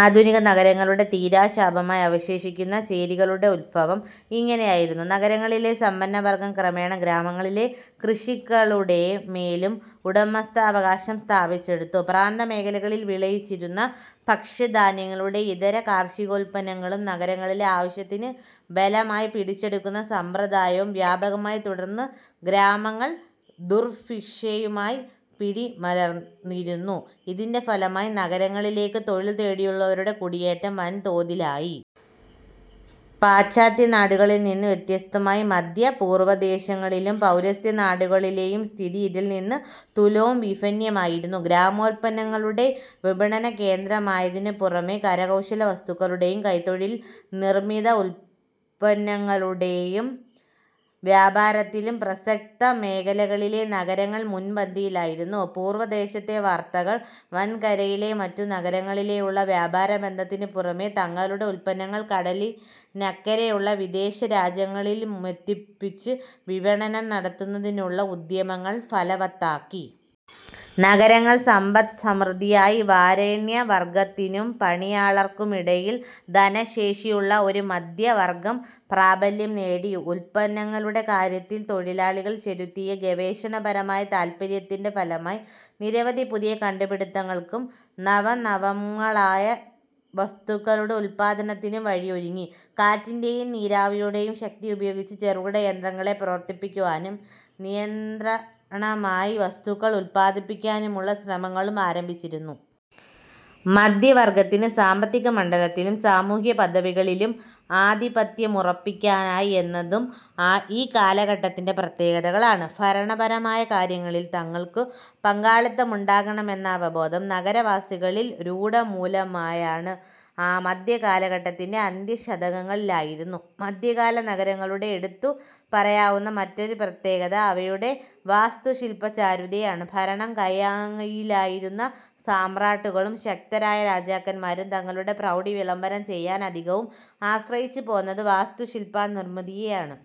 ആധുനിക നഗരങ്ങളുടെ തീരാശാപമായി അവശേഷിക്കുന്ന ചേരികളുടെ ഉദ്ഭവം ഇങ്ങനെയായിരുന്നു. നഗരങ്ങളിലെ സമ്പന്നവർഗം ക്രമേണ ഗ്രാമങ്ങളിലെ കൃഷിഭൂമികളുടെമേലും ഉടമാവകാശം സ്ഥാപിച്ചെടുത്തു. പ്രാന്തമേഖലകളിൽ വിളയിച്ചിരുന്ന ഭക്ഷ്യധാന്യങ്ങളും ഇതര കാർഷികോത്പന്നങ്ങളും നഗരങ്ങളിലെ ആവശ്യത്തിന് ബലമായി പിടിച്ചെടുക്കുന്ന സമ്പ്രദായവും വ്യാപകമായി. തുടർന്ന് ഗ്രാമങ്ങൾ ദുർഭിക്ഷതയുടെ പിടിയിലമർന്നിരുന്നു. ഇതിന്റെ ഫലമായി നഗരങ്ങളിലേക്ക് തൊഴിൽ തേടിയുള്ള കുടിയേറ്റം വൻ തോതിലായി. പാശ്ചാത്യനാടുകളിൽനിന്ന് വ്യത്യസ്തമായി മധ്യ പൂർവദേശങ്ങളിലെയും പൌരസ്ത്യനാടുകളിലെയും സ്ഥിതി ഇതിൽനിന്ന് തുലോം വിഭിന്നമായിരുന്നു. ഗ്രാമോത്പന്നങ്ങളുടെ വിപണനകേന്ദ്രമായതിനു പുറമേ, കരകൌശലവസ്തുക്കളുടെയും കൈത്തൊഴിൽ നിർമിത ഉത്പന്നങ്ങളുടെയും വ്യാപാരത്തിലും പ്രസക്ത മേഖലകളിലെ നഗരങ്ങൾ മുൻപന്തിയിലായിരുന്നു. പൂർവദേശത്തെ വർത്തകർ വൻകരയിലെ മറ്റു നഗരങ്ങളുമായുള്ള വ്യാപാരബന്ധത്തിനുപുറമേ, തങ്ങളുടെ ഉത്പന്നങ്ങൾ കടലിനക്കരെയുള്ള വിദേശ രാജ്യങ്ങളിൽ ബന്ധിപ്പിച്ച് വിപണനം നടത്തുന്നതിനുള്ള ഉദ്യമങ്ങൾ ഫലവത്താക്കി. നഗരങ്ങൾ സമ്പത്സമൃദ്ധങ്ങളായി. വരേണ്യവർഗത്തിനും പണിയാളുകൾക്കുമിടയിൽ ധനശേഷിയുള്ള ഒരു മധ്യവർഗം പ്രാബല്യം നേടി. ഉത്പന്നങ്ങളുടെ കാര്യത്തിൽ തൊഴിലാളികൾ ചെലുത്തിയ ഗവേഷണപരമായ താത്പര്യത്തിന്റെ ഫലമായി നിരവധി പുതിയ കണ്ടുപിടിത്തങ്ങൾക്കും നവംനവങ്ങളായ വസ്തുക്കളുടെ ഉത്പാദനത്തിനും വഴിയൊരുങ്ങി. കാറ്റിന്റെയും നീരാവിയുടെയും ശക്തി ഉപയോഗിച്ച് ചെറുകിട യന്ത്രങ്ങളെ പ്രവർത്തിപ്പിക്കുവാനും യന്ത്രനിർമിതമായി വസ്തുക്കൾ ഉത്പാദിപ്പിക്കുവാനുമുള്ള ശ്രമങ്ങളും ആരംഭിച്ചിരുന്നു. മധ്യവർഗത്തിന് സാമ്പത്തികമണ്ഡലത്തിലും സാമൂഹിക പദവികളിലും ആധിപത്യമുറപ്പിക്കാനായി എന്നതും ഈ കാലഘട്ടത്തിന്റെ പ്രത്യേകതയാണ്. ഭരണപരമായ കാര്യങ്ങളിൽ തങ്ങൾക്കു പങ്കാളിത്തമുണ്ടാവണമെന്ന അവബോധം നഗരവാസികളിൽ രൂഢമൂലമായത് മധ്യകാലഘട്ടത്തിന്റെ അന്ത്യശതകങ്ങളിലായിരുന്നു. മധ്യകാല നഗരങ്ങളുടെ എടുത്തുപറയാവുന്ന മറ്റൊരു പ്രത്യേകത അവയുടെ വാസ്തുശില്പചാരുതയാണ്. ഭരണം കയ്യാളിയിരുന്ന സമ്രാട്ടുകളും ശക്തരായ രാജാക്കന്മാരും തങ്ങളുടെ പ്രൗഢി വിളംബരം ചെയ്യാൻ അധികവും ആശ്രയിച്ചുപോന്നത് വാസ്തുശില്പനിർമിതിയെയാണ്.